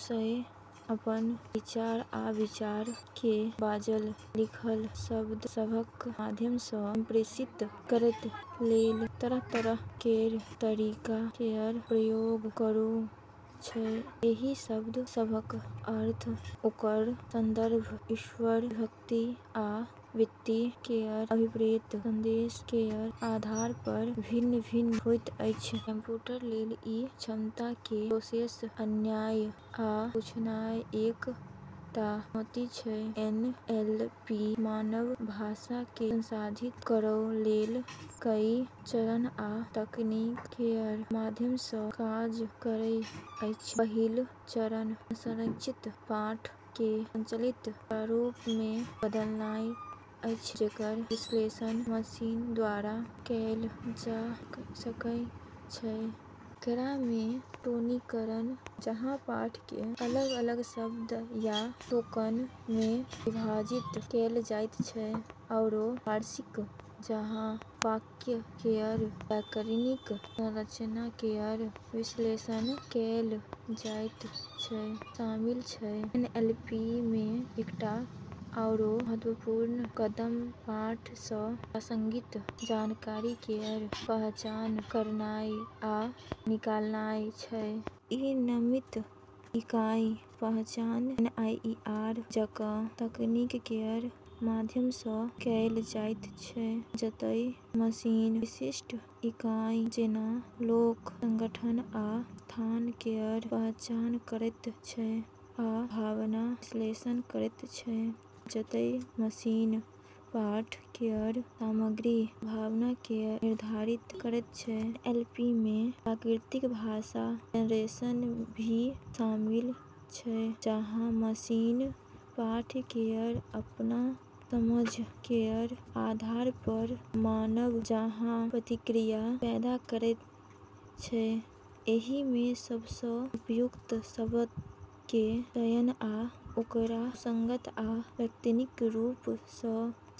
मनुष्य अपन विचार आ विचार केँ बाजल -लिखल शब्द सभक माध्यम सँ संप्रेषित करै लेल तरह-तरह केर तरीका केर प्रयोग करै छै। एहि शब्द सभक अर्थ ओकर संदर्भ, स्वर, विभक्ति आ वक्ता केर अभिप्रेत संदेश केर आधार पर भिन्न-भिन्न होइत अछि। कंप्यूटर लेल ई सूक्ष्मता केँ प्रोसेस कयनाय आ बुझनाय एक टा चुनौती छै। एन एल पी मानव भाषा केँ संसाधित करै लेल कई चरण आ तकनीक केर माध्यम सँ काज करै छै। पहिल चरण असंरचित पाठ केँ संरचित प्रारूप मे बदलनाय छै जेकर विश्लेषण मशीन द्वारा कएल जा सकै छै। एकरा मे टोकनीकरण, जहाँ पाठ केँ अलग-अलग शब्द या टोकन मे विभाजित कएल जाइत छै, आरू पार्सिंग, जहाँ वाक्य केर व्याकरणिक संरचना केर विश्लेषण कएल जाइत छै, शामिल छै। एनएलपी मे एकटा आओर महत्वपूर्ण कदम पाठ सँ प्रासंगिक जानकारी केर पहचान करनाय आ निकालनाय छै। ई नामित इकाई पहचान (एनईआर) जकाँ तकनीक केर माध्यम सँ कएल जाइत छै, जतय मशीन विशिष्ट इकाई जेंना लोक, संगठन, आ स्थान केर पहचान करैत छै, आ भावना विश्लेषण करैत छै, जतय मशीन पाठ केर समग्र भावना केँ निर्धारित करैत छै। एनएलपी मे प्राकृतिक भाषा जनरेशन भी शामिल छै, जहाँ मशीन पाठ केर अपन समझ केर आधार पर मानव जकाँ प्रतिक्रिया पैदा करै छै। एहि मे सबसँ उपयुक्त शब्दक चयन आ ओकरा सुसंगत आ व्याकरणिक रूप सँ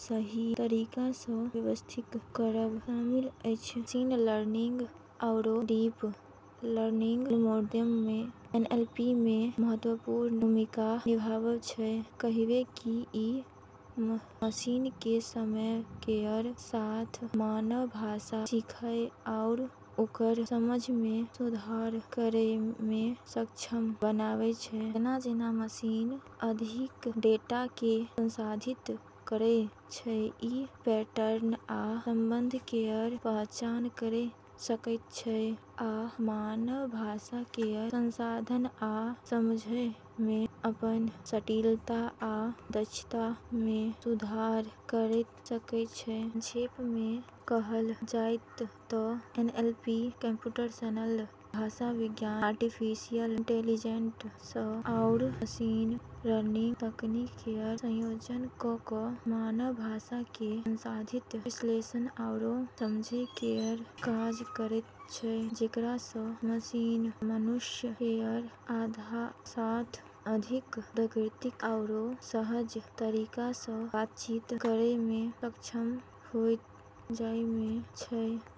सही तरीका सँ व्यवस्थित करब शामिल अछि। मशीन लर्निंग आरू डीप लर्निंग एल्गोरिदम एनएलपी मे महत्वपूर्ण भूमिका निभाबै छै, कहिबे कि ई मशीन केँ समय केर साथ मानव भाषा सीखै आरू ओकर समझ मे सुधार करै मे सक्षम बनाबै छै। जेना-जेना मशीन अधिक डेटा केँ संसाधित करै छै, ई पैटर्न आ संबंध केर पहचान करै सकै छै, आ मानव भाषा केर संसाधन आ समझै मे अपन सटीकता आ दक्षता मे सुधार करै सकै छै। संक्षेप मे कहल जाय तँ एनएलपी कम्प्यूटेशनल भाषाविज्ञान, आर्टिफिशियल इंटेलिजेंस, आरू मशीन लर्निंग तकनीक केर संयोजन कऽ कऽ मानव भाषा केँ संसाधित, विश्लेषण आरू समझै केर काज करै छै, जेकरा सँ मशीन मनुष्य केर साथ अधिक प्राकृतिक आरू सहज तरीका सँ बातचीत करै मे सक्षम होय जाइत छै।